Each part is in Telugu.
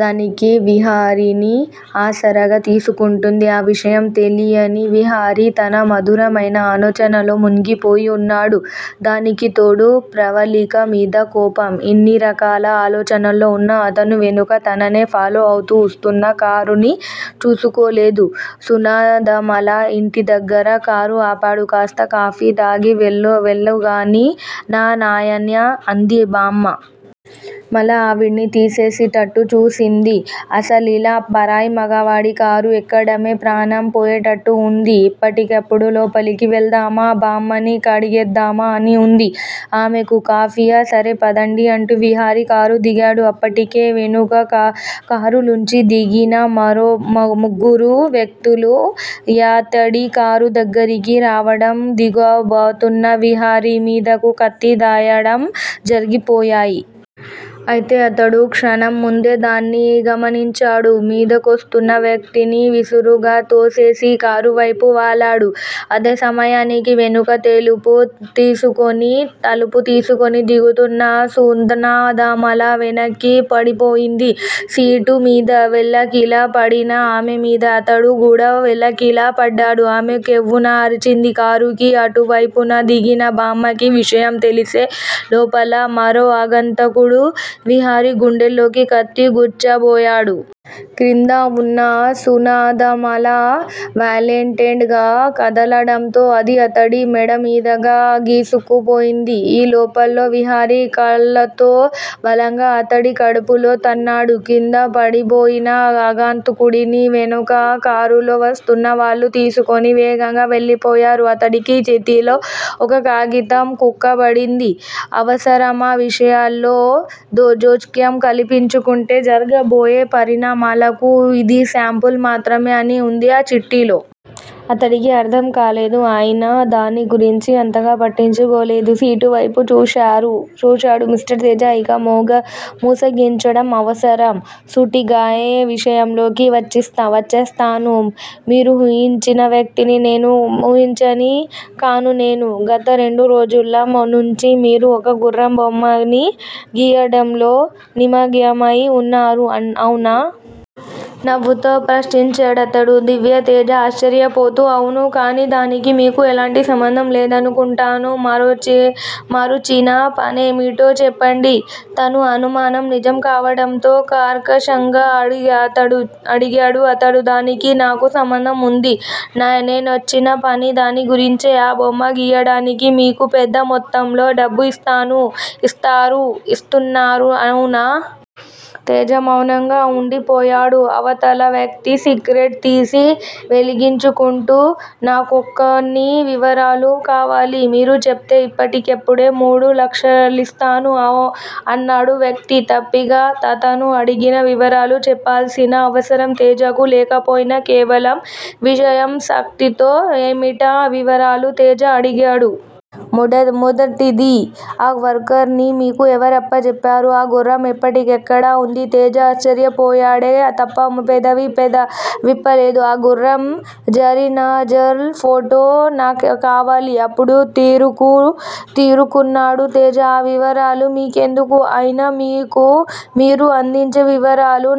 దానికి విహారిని ఆసరాగా తీసుకుంటుంది. ఆ విషయం తెలియని విహారి తన మధురమైన ఆలోచనల్లో మునిగిపోయి వున్నాడు. దానికితోడు ప్రవల్లికమీద కోపం. ఇన్ని రకాల ఆలోచనల్లో వున్న అతను- వెనుక తననే ఫాలో అవుతూ వస్తున్న కారుని చూసుకోలేదు. సునాదమాల ఇంటిదగ్గర కారు ఆపాడు. కాస్త కాఫీ తాగి వెళ్ళూగాని రా నాయనా అంది బామ్మ. మాల ఆవిడ్ని తినేసేటట్టు చూసింది. అసలిలా పరాయి మొగవాడి కారు ఎక్కడమే ప్రాణం పోయినట్టు వుంది. ఎప్పుడెప్పుడు లోపలికి వెళదామా- బామ్మని కడిగేద్దామా అని వుంది ఆమెకు. కాఫీయా- సరే పదండి అంటూ విహారి కారు దిగాడు. అప్పటికే వెనుక కారులోంచి దిగిన ముగ్గురు వ్యక్తులూ యితడి కారు దగ్గరికి రావడం, దిగబోతున్న విహారిమీదకు కత్తి దూయడం జరిగిపోయాయి. అయితే అతడు క్షణంముందే దాన్ని గమనించాడు. మీదకొస్తున్న వ్యక్తిని విసురుగా తోసేసి కారువైపు వాలాడు. అదే సమయానికి వెనుక తలుపు తీసుకొని దిగుతున్న సునాదమాల వెనక్కి పడిపోయింది. సీటుమీద వెల్లకిలా పడిన ఆమెమీదకు అతడు కూడా వెల్లకిలా పడ్డాడు. ఆమె కెవ్వున అరిచింది. కారుకి అటువైపున దిగిన బామ్మకీ విషయం తెలిసే లోపులో, మరో అగంతకుడు విహారి గుండెల్లోకి కత్తి గుచ్చబోయాడు. క్రిందవున్న సునాదమాల వయొలెంట్ గా కదలడంతో అది అతడి మెడమీదుగా గీసుకుపోయింది. ఈ లోపులో విహారి కాల్తో బలంగా అతడి కడుపులో తన్నాడు. క్రింద పడిపోయిన అగంతకుడిని వెనుక కారులో వస్తున్న వాళ్లు తీసుకుని వేగంగా వెళ్ళిపోయారు. అతడి చేతిలో ఒక కాగితం కుక్కబడింది. అనవసర విషయాల్లో జోక్యం కల్పించుకుంటే జరగబోయే పరిణామాలకు యిది శాంపిల్ మాత్రమే అని వుంది ఆ చీటీలో. అతడికి అర్ధంకాలేదు. అయినా దాన్ని గురించి అంతగా పట్టించుకోలేదు. సీటువైపు చూశాడు. మిస్టర్ తేజా! ఇక మోసగించటం అనవసరం. సూటిగయే విషయంలోకి వచ్చేస్తాను. మీరూహించిన వ్యక్తిని కాను నేను. గత రెండు రోజుల నుంచి మీరు ఒక గుర్రం బొమ్మని గీయటంలో నిమగ్నమయి వున్నారు. అవునా? నవ్వుతూ ప్రశ్నించాడతడు. దివ్యతేజ ఆశ్చర్యపోతూ అవును కానీ దానికి మీకు ఎలాంటి సంబంధం లేదనుకుంటాను. మీరొచ్చిన పనేమిటో చెప్పండి తన అనుమానం నిజం కావటంతో కర్కశంగా అడిగాడు తేజ. దానికి నాకు సంబంధం వుంది. నేనొచ్చిన పని దాని గురించే ఆ బొమ్మ గీయడానికి మీకు పెద్ద మొత్తంలో డబ్బు ఇస్తున్నారు అవునా? తేజ మౌనంగా వుండి పోయాడు. అవతల వ్యక్తి సిగరెట్ తీసి వెలిగించుకుంటూ నాక్కొన్ని వివరాలు కావాలి మీరు చెప్తే ఇప్పటికిప్పుడే మూడు లక్షలిస్తాను అన్నాడా వ్యక్తి తాపీగా. అతను అడిగిన వివరాలు చెప్పాల్సిన అవసరం తేజకు లేకపోయినా కేవలం విషయాసక్తితో ఏమిటా వివరాలు? తేజ అడిగాడు. మొదటిది ఆ వర్కుని మీకు ఎవరప్పజెప్పారు? ఆ గుర్రం ఇప్పుడెక్కడ ఉంది తేజ ఆశ్చర్యపోయాడే తప్ప పెదవి విప్పలేదు. ఆ గుర్రం ఒరిజనల్ ఫోటో నాక్కావాలి అప్పుడు తేరుకున్నాడు తేజ. ఆ వివరాలు మీకెందుకు? అయినా మీరు అందించే వివరాలు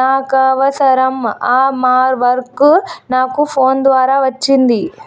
నాకనవసరం. ఆ వర్కు నాకు ఫోన్ ద్వారా వచ్చింది.